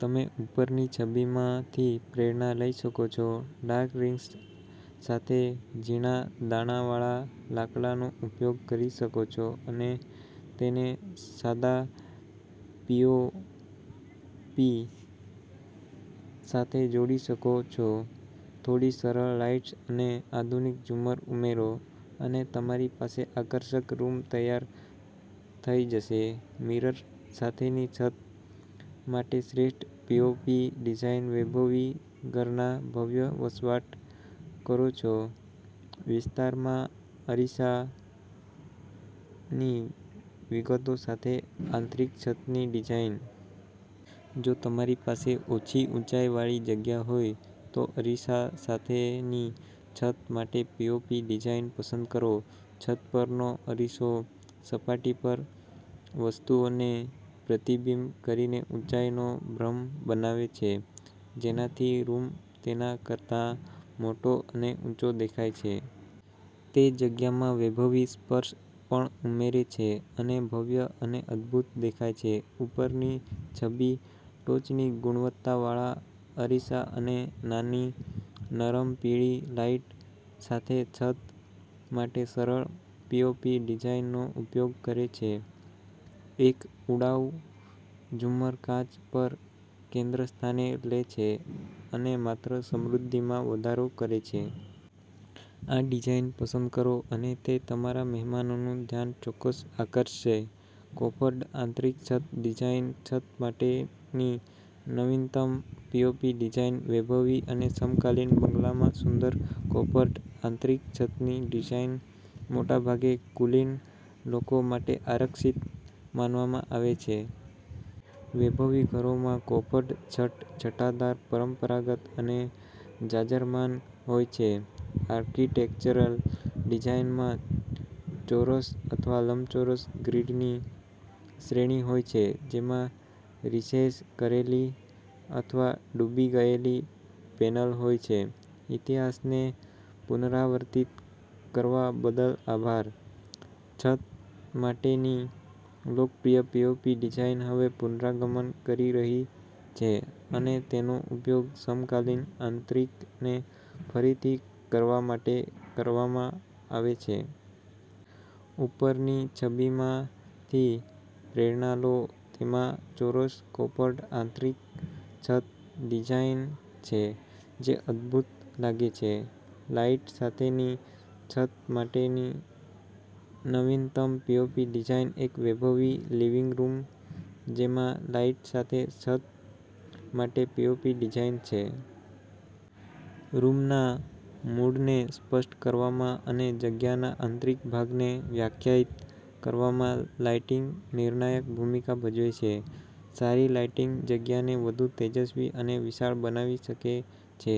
તમે ઉપરની છબીમાંથી પ્રેરણા લઈ શકો છો, ડાર્ક રિંગ્સ સાથે ઝીણા દાણાવાળા લાકડાનો ઉપયોગ કરી શકો છો અને તેને સાદા પીઓપી સાથે જોડી શકો છો. થોડી સરળ લાઇટ્સ અને આધુનિક ઝુમ્મર ઉમેરો, અને તમારી પાસે આકર્ષક રૂમ તૈયાર થઈ જશે મિરર સાથેની છત માટે શ્રેષ્ઠ પીઓપી ડિઝાઇન વૈભવી ઘરના ભવ્ય વસવાટ કરો છો વિસ્તારમાં અરીસાની વિગતો સાથે આંતરિક છતની ડિઝાઇન. જો તમારી પાસે ઓછી ઊંચાઈવાળી જગ્યા હોય, તો અરીસા સાથેની છત માટે પીઓપી ડિઝાઇન પસંદ કરો. છત પરનો અરીસો સપાટી પરની વસ્તુઓને પ્રતિબિંબિત કરીને ઊંચાઈનો ભ્રમ બનાવે છે, જેનાથી રૂમ તેના કરતા મોટો અને ઊંચો દેખાય છે. તે જગ્યામાં વૈભવી સ્પર્શ પણ ઉમેરે છે અને ભવ્ય અને અદભૂત દેખાય છે. ઉપરની છબી ટોચની ગુણવત્તાવાળા અરીસા અને નાની, નરમ પીળી લાઇટ સાથે છત માટે સરળ પીઓપી ડિઝાઇનનો ઉપયોગ કરે છે. એક ઉડાઉ ઝુમ્મર કાચ પર કેન્દ્રસ્થાને લે છે અને માત્ર સમૃદ્ધિમાં વધારો કરે છે. આ ડિઝાઇન પસંદ કરો અને તે તમારા મહેમાનોનું ધ્યાન ચોક્કસ આકર્ષશે. કોફર્ડ આંતરિક છત ડિઝાઇન, છત માટેની નવીનતમ પીઓપી ડિઝાઇન વૈભવી અને સમકાલીન બંગલામાં સુંદર કોફર્ડ આંતરિક છતની ડિઝાઇન મોટાભાગે કુલીન લોકો માટે આરક્ષિત માનવામાં આવે છે. વૈભવી ઘરોમાં કોફર્ડ છત છટાદાર, પરંપરાગત અને જાજરમાન હોય છે. આર્કિટેક્ચરલ ડિઝાઇનમાં ચોરસ અથવા લંબચોરસ ગ્રીડની શ્રેણી હોય છે, જેમાં રિસેસ કરેલી અથવા ડૂબી ગયેલી પેનલ હોય છે. ઇતિહાસને પુનરાવર્તિત કરવા બદલ આભાર, છત માટેની લોકપ્રિય પીઓપી ડિઝાઇન હવે પુનરાગમન કરી રહી છે અને તેનો ઉપયોગ સમકાલીન આંતરિકને ફરીથી કરવા માટે કરવામાં આવે છે. ઉપરની છબીમાંથી પ્રેરણા લો. તેમાં ચોરસ કોફર્ડ આંતરિક છત ડિઝાઇન છે, જે અદભૂત લાગે છે. લાઇટ સાથેની છત માટેની નવીનતમ પીઓપી ડિઝાઇન એક વૈભવી લિવિંગ રૂમ જેમાં લાઇટ સાથે છત માટે પીઓપી ડિઝાઇન છે. રૂમના મૂડને સ્પષ્ટ કરવામાં અને જગ્યાના આંતરિક ભાગને વ્યાખ્યાયિત કરવામાં લાઇટિંગ નિર્ણાયક ભૂમિકા ભજવે છે. સારી લાઇટિંગ જગ્યાને વધુ તેજસ્વી અને વિશાળ બનાવી શકે છે,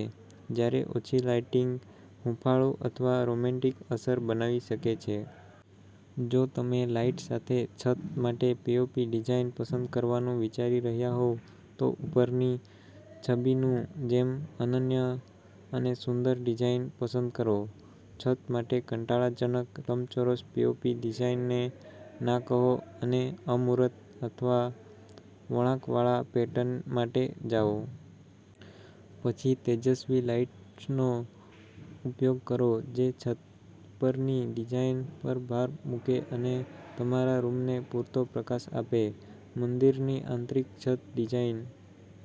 જ્યારે ઓછી લાઇટિંગ હૂંફાળું અથવા રોમેન્ટિક અસર બનાવી શકે છે. જો તમે લાઇટ સાથેની છત માટે પીઓપી ડિઝાઇન પસંદ કરવાનું વિચારી રહ્યા હોવ, તો ઉપરની છબીની જેમ અનન્ય અને સુંદર ડિઝાઇન પસંદ કરો. છત માટે કંટાળાજનક લંબચોરસ પીઓપી ડિઝાઇનને ના કહો અને અમૂર્ત અથવા વળાંકવાળા પેટર્ન માટે જાઓ. પછી તેજસ્વી લાઇટ્સનો ઉપયોગ કરો જે છત પરની ડિઝાઇન પર ભાર મૂકે અને તમારા રૂમને પૂરતો પ્રકાશ આપે. મંદિરની આંતરિક છત ડિઝાઇન